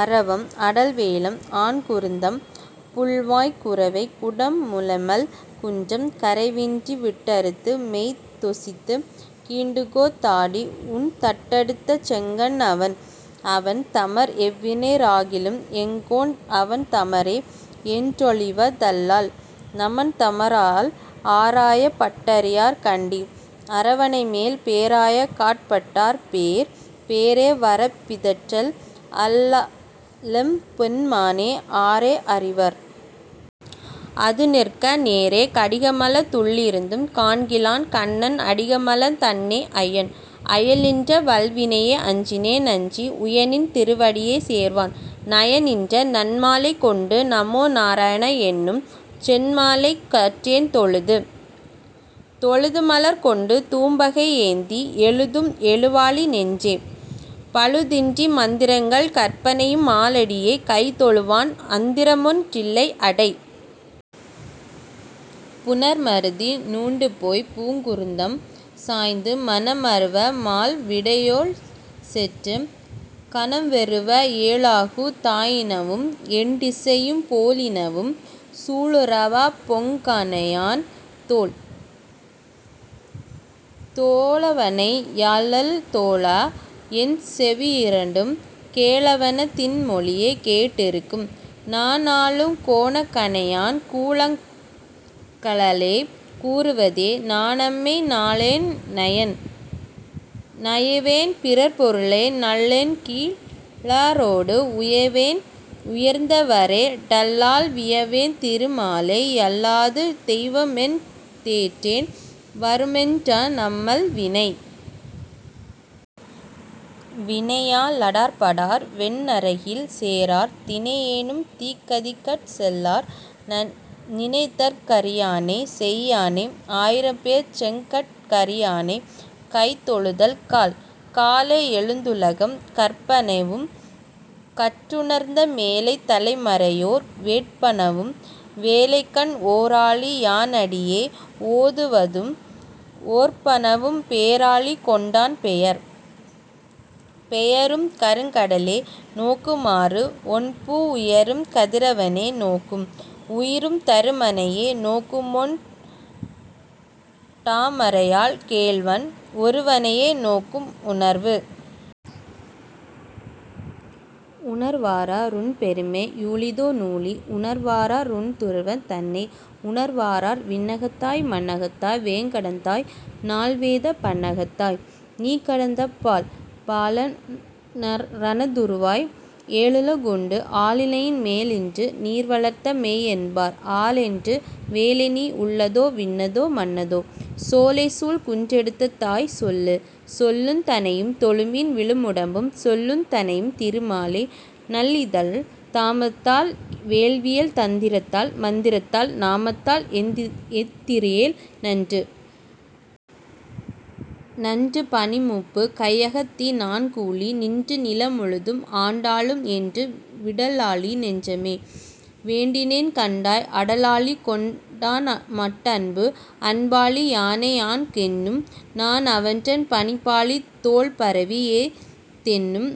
அரவம் அடல்வேழம் ஆன்குருந்தம் புள்வாய் குரவை குடம்முலைமல் குன்றம், கரவின்றி விட்டிறுத்து மேய்த்தொசித்துக் கீண்டுகோத் தாடி, உண் டட்டெடுத்த செங்கண் அவன். அவன் தமர் எவ்வினைய ராகிலும், எங்கோன் அவன்தமரே யென்றொழிவ தல்லால், நமன்தமரால் ஆராயப் பட்டறியார் கண்டீர், அரவணைமேல் பேராயற் காட்பட்டார் பேர். பேரே வரப்பிதற்றல் அல்லாலெம் பெம்மானை, ஆரே அறிவார்? அதுநிற்க, நேரே கடிக்கமலத் துள்ளிருந்தும் காண்கிலான், கண்ணன் அடிக்கமலந் தன்னை அயன். அயல்நின்ற வல்வினையை அஞ்சினே னஞ்சி, உயநின் திருவடியே சேர்வான், நயநின்ற நன்மாலை கொண்டு நமோநாரயணா என்னும், சென்மாலை கற்றேன் தொழுது. தொழுது மலர்க்கொண்டு தூபம்கை யேந்தி, எழுதும் எழுவாழி நெஞ்சே, பழுதின்றி மந்திரங்கள் கற்பனவும் மாலடியே கைதொழுவான், அந்தரமொன் றில்லை அடை. புணர்மருதி னூடுபோய்ப் பூங்குருந்தம் சாய்த்து, மணமருவ மால் விடையேழ் செற்று, கணம்வெருவ ஏலகும் தாயினவும் எண்டிசையும் போயினவும், சூழரவப் பொங்கணையான் தோள். தோளவனை யல்லால் தொழா, என் செவியிரண்டும், கேளவன தின்மொழியே கேட்டிருக்கும், நாநாளும் கோணா கணையான் கூரைகழலே கூறுவதே, நாணாமை நள்ளேன் நயம். நயவேன் பிறர்ப்பொருளை நள்ளேன்கீ ழாரோடு, உயவேன் உயர்ந்தவரோ டல்லால், வியவேன் திருமாலை யல்லது தெய்வமென் றேத்தேன், வருமாறென் நம்மேல் வினை? வினையா லடார்ப்படார் வெந்நரகில் சேரார், தினையேனும் தீக்கதிக்கட் செல்லார், நினைதற் கரியானைச் சேயானை, ஆயிரம்பேர்ச் செங்கட் கரியானைக் கைதொழுதக் கால். காலை யெழுந்துலகம் கற்பனவும், கற்றுணர்ந்த மேலைத் தலைமறையோர் வேட்பனவும், வேலைக்கண் ஓராழி யானடியே ஓதுவதும் ஓர்ப்பனவும், பேராழி கொண்டான் பெயர். பெயரும் கருங்கடலே நோக்குமாறு, ஒண்பூ உயரும் கதிரவனே நோக்கும், -உயிரும் தருமனையே நோக்குமொண் டாமரையாள் கேள்வன், ஒருவனையே நோக்கும் உணர்வு. உணர்வாரா ருன்பெருமை? யூழிதோ றூழி, உணர்வாரா ருன்னுருவந் தன்னை?, உணர்வாரார் விண்ணகத்தாய். மண்ணகத்தாய். வேங்கடத்தாய் நால்வேதப் பண்ணகத்தாய். நீகிடந்த பால்? பாலன் றனதுருவாய் ஏழுலகுண்டு, ஆலிலையின் மேலன்று நீவளர்ந்த மெய்யென்பர், ஆலன்று வேலைநீ ருள்ளதோ விண்ணதோ மண்ணதோ? சோலைசூழ் குன்றெடுத்ததாய் சொல்லு. சொல்லுந் தனையும் தொழுமின் விழுமுடம்பு, சொல்லுந் தனையும் திருமாலை, நல்லிதழ்த் தாமத்தால் வேள்வியால் தந்திரத்தால் மந்திரத்தால், நாமத்தால் ஏந்ஏத்திதிரேல் நன்று. நன்று பணிமூப்புக் கையகற்றி நான்கூழி, நின்று நிலமுழுதும் ஆண்டாலும், என்றும் விடலாழி நெஞ்சமே. வேண்டினேன் கண்டாய், அடலாழி கொண்டான்மாட் டன்பு. அன்பாழி யானை யணுகென்னும், நாஅவன்றன் பண்பாழித் தோள்பரவி யேத்தென்னும்,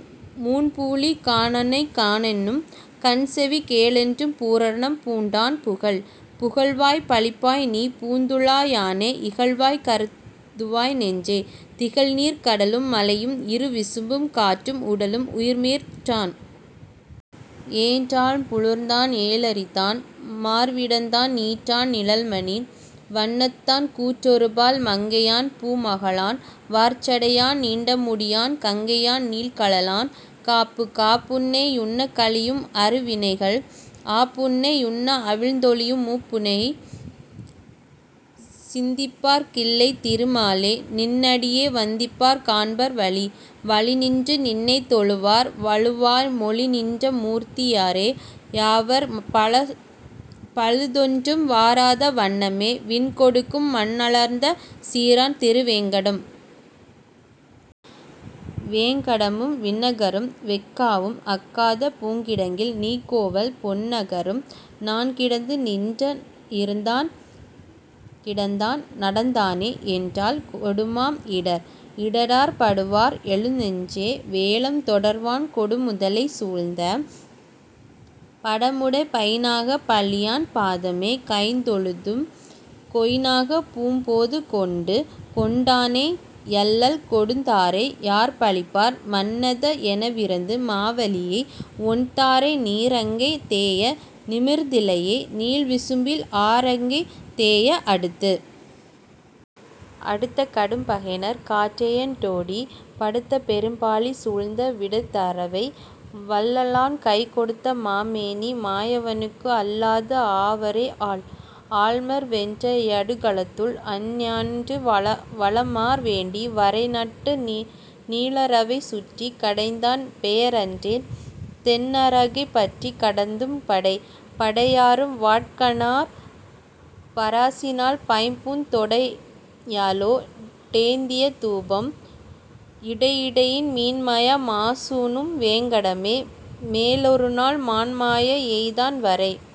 முன்பூழி காணானைக் காணென்னும் கண்செவி கேளென்னும் பூணாரம் பூண்டான் புகழ். புகழ்வாய் பழிப்பாய்நீ பூந்துழா யானை, இகழ்வாய் கருதுவாய் நெஞ்சே, திகழ்நீர்க் கடலும் மலையும் இருவிசும்பும் காற்றும், உடலும் உயிருமேற்றான். ஏற்றான் புள்ளூர்த்தான் எயிலெரித்தான் மார்விடந்தான் நீற்றான் நிழல்மணி வண்ணத்தான், கூற்றொருபால் மங்கையான் பூமகளான் வார்சடையான், நீண்டமுடியான் கங்கையான் நீள்கழலான் காப்பு. காப்புன்னை யுன்னக் கழியும் அருவினைகள், ஆப்புன்னை யுன்ன அவிழ்ந்தொழியும் மூப்புன்னைச் சிந்திப்பார்க் கில்லை திருமாலே, நின்னடியை வந்திப்பார் காண்பர் வழி. வழிநின்று நின்னைத் தொழுவார், வழுவா மொழிநின்ற மூர்த்தியரே யாவர், பழபழுதொன்றும் வாராத வண்ணமே விண்கொடுக்கும், மண்ணளந்த சீரான் திருவேங்கடம். வேங்கடமும் விண்ணகரும் வெஃகாவும், அஃகாத பூங்கிடங்கில் நீள்கோவல் பொன்னகரும், நான்கிடத்தும் நின்றா னிருந்தான் கிடந்தான் நடந்தானே, என்றால் கெடுமாம் இடர். இடரார் படுவார்? எழுநெஞ்சே, வேழம் தொடர்வான் கொடுமுதலை சூழ்ந்த, படமுடை பைந்நாகப் பள்ளியான் பாதமே கைதொழுதும், கொய்ந்நாகப் பூம்போது கொண்டு. கொண்டானை யல்லால் கொடுத்தாரை யார்பழிப்பார், மண்தா எனவிரந்து மாவலியை, ஒண்தாரை நீரங்கை தேய நிமிர்ந்திலையே, நீள்விசும்பில் ஆரங்கை தேய அடுத்து? அடுத்த கடும்பகைஞர்க் காற்றேனென் றோடி, படுத்த பெரும்பாழி சூழ்ந்த விடத்தரவை, வல்லாளன் கைக்கொடுத்த மாமேனி மாயவனுக்கு, அல்லாதும் ஆவரோ ஆள்? ஆளமர் வென்றி யடுகளத்துள் அஞ்ஞான்று, வளமார் வேண்டி வரைநட்டு, நீளரவைச் சுற்றிக் கடைந்தான் பெயரன்றே, தென்னரகைப் பற்றிக் கடத்தும் படை? படையாரும் வாட்கண்ணார் பாரசிநாள், பைம்பூந் தொடையலோ டேந்திய தூபம், இடையிடையின் மீன்மாய மாசூணும் வேங்கடமே, மேலொருநாள் மான்மாய எய்தான் வரை.